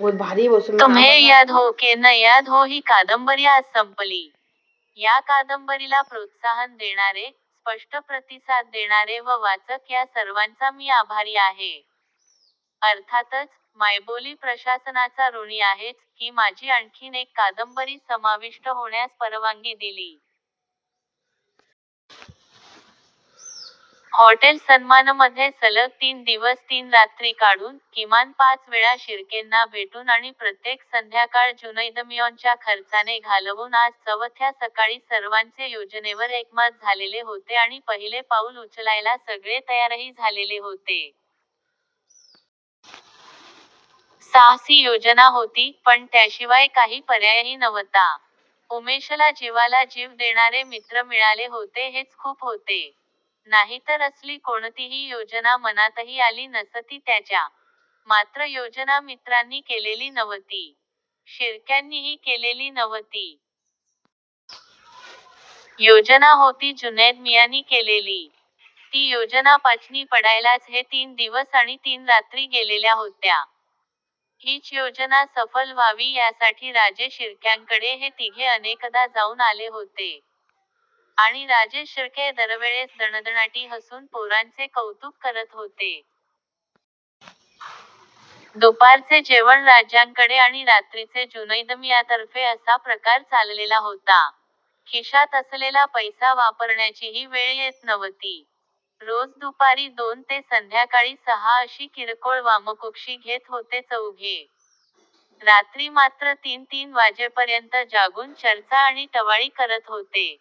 तुम्हे याद हो के न याद हो' ही कादंबरी आज संपली. या कादंबरीला प्रोत्साहन देणारे, स्पष्ट प्रतिसाद देणारे व वाचक या सर्वांचा मी आभारी आहे. अर्थातच, मायबोली प्रशासनाचा ऋणी आहेच, की माझी आणखीन एक कादंबरी समाविष्ट होण्यास परवानगी दिली. हॉटेल सन्मानमध्ये सलग तीन दिवस तीन रात्री काढून, किमान पाच वेळा शिर्केंना भेटून आणि प्रत्येक संध्याकाळ जुनैदमियाँच्या खर्चाने घालवून आज चवथ्या सकाळी सर्वांचे योजनेवर एकमत झालेले होते आणि पहिले पाऊल उचलायला सगळे तयारही झालेले होते. साहसी योजना होती, पण त्याशिवाय काही पर्यायही नव्हता. उमेशला जीवाला जीव देणारे मित्र मिळाले होते हेच खूप होते. नाहीतर असली कोणतीही योजना मनातही आली नसती त्याच्या! मात्र योजना मित्रांनी केलेली नव्हती. शिर्क्यांनीही केलेली नव्हती! योजना होती जुनैद मियाँनी केलेली! ती योजना पचनी पडायलाच हे तीन दिवस आणि तीन रात्री गेलेल्या होत्या. हीच योजना सफल व्हावी यासाठी राजे शिर्क्यांकडे हे तिघे अनेकदा जाऊन आले होते. आणि राजे शिर्के दरवेळेस दणदणाटी हसून पोरांचे कौतुक करत होते. दुपारचे जेवण राज्यांकडे आणि रात्रीचे जुनैदमियाँतर्फे असा प्रकार चाललेला होता. खिशात असलेला पैसा वापरण्याचीही वेळ येत नव्हती. रोज दुपारी दोन ते संध्याकाळी सहा अशी किरकोळ वामकुक्षी घेत होते चौघे! रात्री मात्र तीन तीन वाजेपर्यंत जागून चर्चा आणि टवाळी करत होते.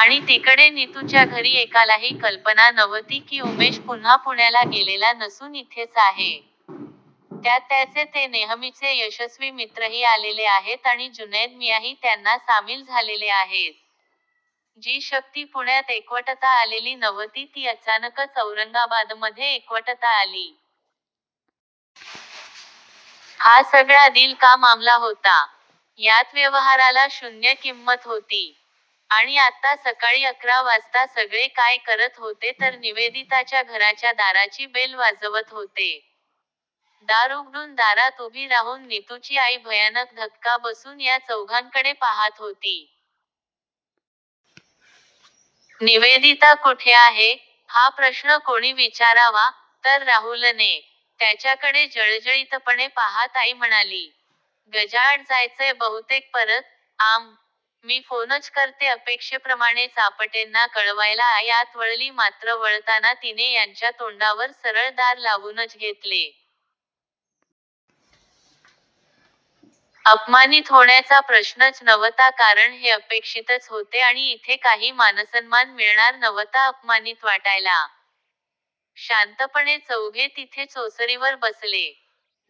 आणि तिकडे नितुच्या घरी एकालाही कल्पना नव्हती की उमेश पुन्हा पुण्याला गेलेला नसून इथेच आहे. त्यात त्याचे ते नेहमीचे यशस्वी मित्रही आलेले आहेत आणि जुनैद मियाँही त्यांना सामील झालेले आहेत. जी शक्ती पुण्यात एकवटता आलेली नव्हती ती अचानकच औरंगाबादमध्ये एकवटता आली. हा सगळा दिल का मामला होता. यात व्यवहाराला शून्य किंमत होती. आणि आत्ता सकाळी अकरा वाजता सगळे काय करत होते तर निवेदिताच्या घराच्या दाराची बेल वाजवत होते. दार उघडून दारात उभी राहून नितुची आई भयानक धक्का बसून या चौघांकडे पाहात होती. निवेदिता कुठे आहे? हा प्रश्न कोणी विचारावा? तर राहुलने! त्याच्याकडे जळजळीतपणे पाहात आई म्हणाली. गजाआड जायचंय बहुतेक परत? आं?? मी फोनच करते अपेक्षेप्रमाणेच आपटेंना कळवायला आई आत वळली मात्र वळताना तिने यांच्या तोंडावर सरळ दार लावूनच घेतले. अपमानीत होण्याचा प्रश्नच नव्हता कारण हे अपेक्षितच होते आणि इथे काही मानसन्मान मिळणार नव्हता अपमानीत वाटायला! शांतपणे चौघे तिथेच ओसरीवर बसले.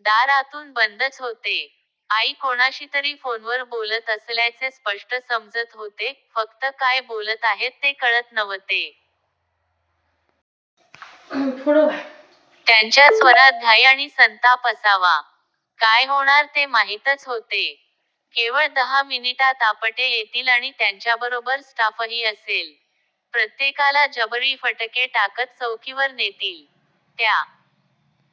दार आतून बंदच होते. आई कोणाशीतरी फोनवर बोलत असल्याचे स्पष्ट समजत होते, फक्त काय बोलत आहेत ते कळत नव्हते. त्यांच्या स्वरात घाई आणि संताप असावा! काय होणार ते माहीतच होते. केवळ दहा मिनिटांत आपटे येतील आणि त्यांच्याबरोबर स्टाफही असेल! प्रत्येकाला जबरी फटके टाकत चौकीवर नेतील. त्या